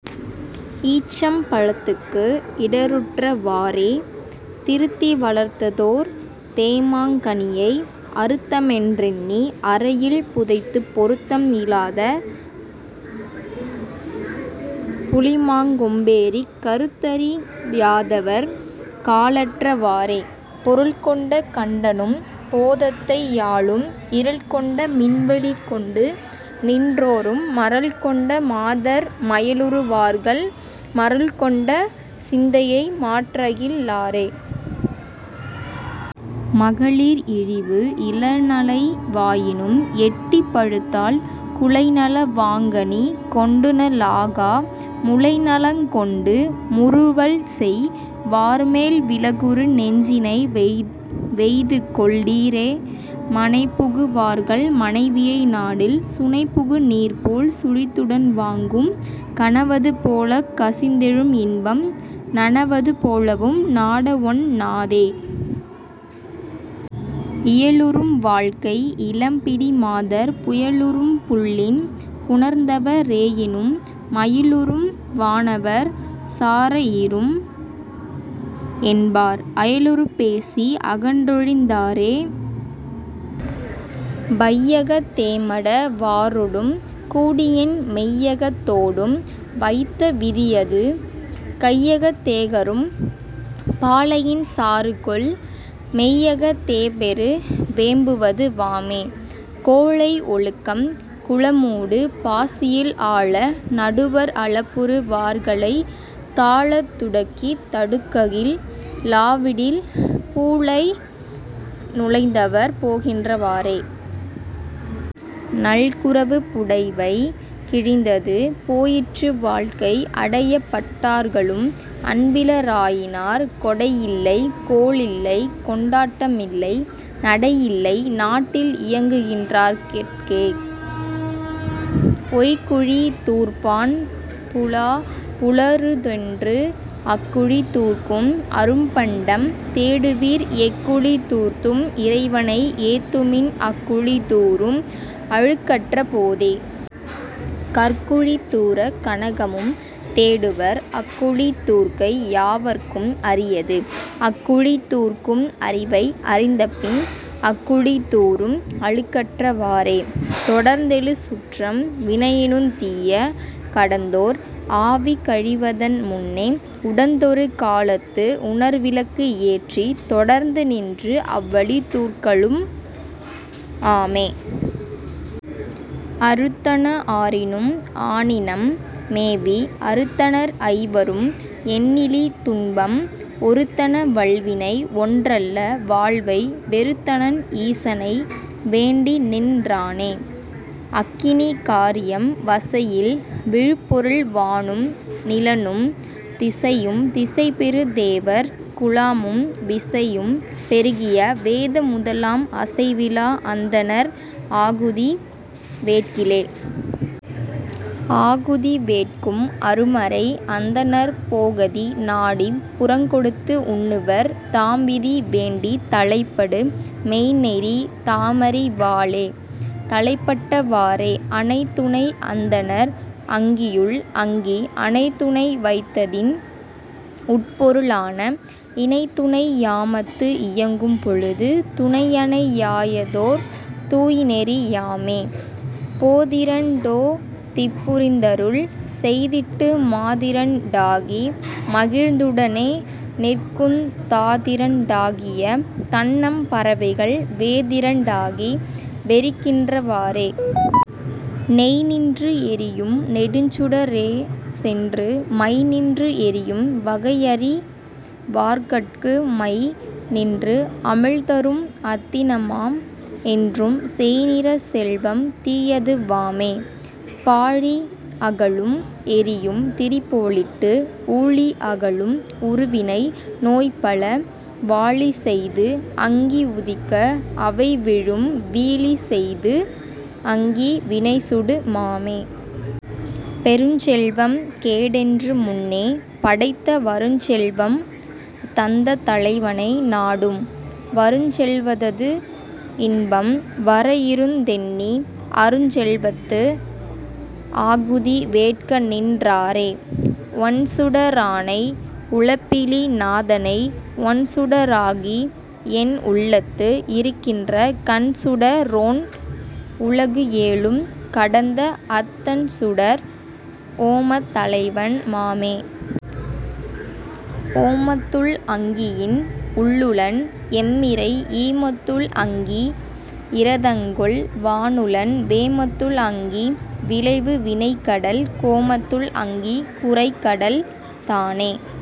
ஈச்சம் பழத்துக்கு இடருற்ற வாறே. திருத்தி வளர்த்ததோர் தேமாங் கனியை அருத்தமென் றெண்ணி அறையில் புதைத்துப் பொருத்தம் இலாத புளிமாங் கொம்பேறிக் கருத்தறி யாதவர் காலற்ற வாறே. பொருள்கொண்ட கண்டனும் போதத்தை யாளும் இருள்கொண்ட மின்வெளி கொண்டுநின் றோரும் மருள்கொணட மாதர் மயலுறு வார்கள் மருள்கொண்ட சிந்தையை மாற்றகில் லாரே... மகளிர் இழிவு இலைநல வாயினும் எட்டி பழுத்தால் குலைநல வாங்கனி கொண்டுண லாகா முலைநலங் கொண்டு முறுவல்செய் வார்மேல் விலகுறு நெஞ்சினை வெய்துகொள் ளீரே. மனைபுகு வார்கள் மனைவியை நாடில் சுனைபுகு நீர்போல் சுழித்துடன் வாங்கும் கனவது போலக் கசிந்தெழும் இன்பம் நனவது போலவும் நாடவொண் ணாதே. இயலுறும் வாழ்க்கை இளம்பிடி மாதர் புயலுறும் புல்லின் புணர்ந்தவ ரேயினும் மயலுறும் வானவர் சாரஇரும் என்பார் அயலுறப் பேசி அகன்றொழிந் தாரே. வையகத் தேமட வாரொடும் கூடியென் மெய்யகத் தோடும் வைத்த விதியது கையகத் தேகரும் பாலையின் சாறுகொள் மெய்யகத் தேபெரு வேம்பது வாமே. கோழை ஒழுக்கம் குளமூடு பாசியில் ஆழ நடுவர் அளப்புறு வார்களைத் தாழத் துடக்கித் தடுக்ககில் லாவிடில் பூழை நுழைந்தவர் போகின்ற வாறே... நல்குரவு புடைவை கிழிந்தது போயிற்று வாழ்க்கை அடையப்பட் டார்களும் அன்பில ராயினார் கொடையில்லை கோளில்லை கொண்டாட்ட மில்லை நடையில்லை நாட்டில் இயங்குகின் றார்கட்கே. பொய்க்குழி தூர்ப்பான் புலா புலருதென்று அக்குழி தூர்க்கும் அரும்பண்டம் தேடுவீர் எக்குழி தூர்த்தும் இறைவனை ஏத்துமின் அக்குழி தூரும் அழுக்கற்ற போதே. கற்குழி தூரக் கனகமும் தேடுவர் அக்குழி தூர்க்கை யாவர்க்கும் அரியது அக்குழி தூர்க்கும் அறிவை அறிந்தபின் அக்குழி தூரும் அழுக்கற்ற வாறே. தொடர்ந்தெழு சுற்றம் வினையினுந் தீய கடந்தோர் ஆவி கழிவதன் முன்னே உடந்தொரு காலத்து உணர்விளக்கு ஏற்றித் தொடர்ந்துநின்று அவ்வழி தூர்க்கலு ம் ஆமே. அறுத்தன ஆறினும் ஆனினம் மேவி அறுத்தனர் ஐவரும் எண்ணிலி துன்பம் ஒறுத்தன வல்வினை ஒன்றல்ல வாழ்வை வெறுத்தனன் ஈசனை வேண்டிநின் றானே... அக்கினி காரியம் வசையில் விழுப்பொருள் வானும் நிலனும் திசையும் திசைபெறு தேவர் குழாமும் விசையும் பெருகிய வேத முதலாம் அசைவிலா அந்தணர் ஆகுதி வேட்கிலே. ஆகுதி வேட்கும் அருமறை அந்தணர் போகதி நாடிப் புறங்கொடுத்து உண்ணுவர் தாம்விதி வேண்டித் தலைப்படு மெய்ந்நெறி தாமறி வாலே தலைப்பட்ட வாறே. அணைதுணை அந்தணர் அங்கியுள் அங்கி அணைதுணை வைத்ததின் உட்பொரு ளான இணைதுணை யாமத்து இயங்கும் பொழுது துணையணை யாயதோர் தூய்நெறி யாமே. போதிரண் டோ திப் புரிந்தருள் செய்திட்டு மாதிரண் டாகி மகிழ்ந்துட னேநிற்குந் தாதிரண் டாகிய தண்ணம் பறவைகள் வேதிரண் டாகி வெறிக்கின்ற வாறே. நெய்நின்று எரியும் நெடுஞ்சுட ரேசென்று மைநின்று எரியும் வகையறி வார்க்கட்கு மைநின்று அவிழ்தரும் அத்தின மாம் என்றும் செய்நின்ற செல்வம் தீயது வாமே. பாழி அகலும் எரியும் திரிபோலிட்டு ஊழி அகலும் உறுவினை நோய்பல வாழிசெய்து அங்கி உதிக்க அவைவிழும் வீழிசெய்து அங்கி வினைசுடு மாமே. பெருஞ்செல்வம் கேடென்று முன்னே படைத்த வருஞ்செல்வம் தந்த தலைவனை நாடும் வருஞ்செல்வதது இன்பம் வரஇருந் தெண்ணி அருஞ்செல்வத்து ஆகுதி வேட்கநின் றாரே. ஒண்சுட ரானை உலப்பிலி நாதனை ஒண்சுட ராகிஎன் உள்ளத்து இருக்கின்ற கண்சுட ரோன் உலகு ஏழும் கடந்த அத் தண்சுடர் ஓமத் தலைவனு மாமே. ஓமத்துள் அங்கியின் உள்ளுளன் எம்மிறை ஈமத்துள் அங்கி இரதங்கொள் வானுளன் வேமத்துள் அங்கி விளைவு வினைக்கடல் கோமத்துள் அங்கி குரைகடல் தானே.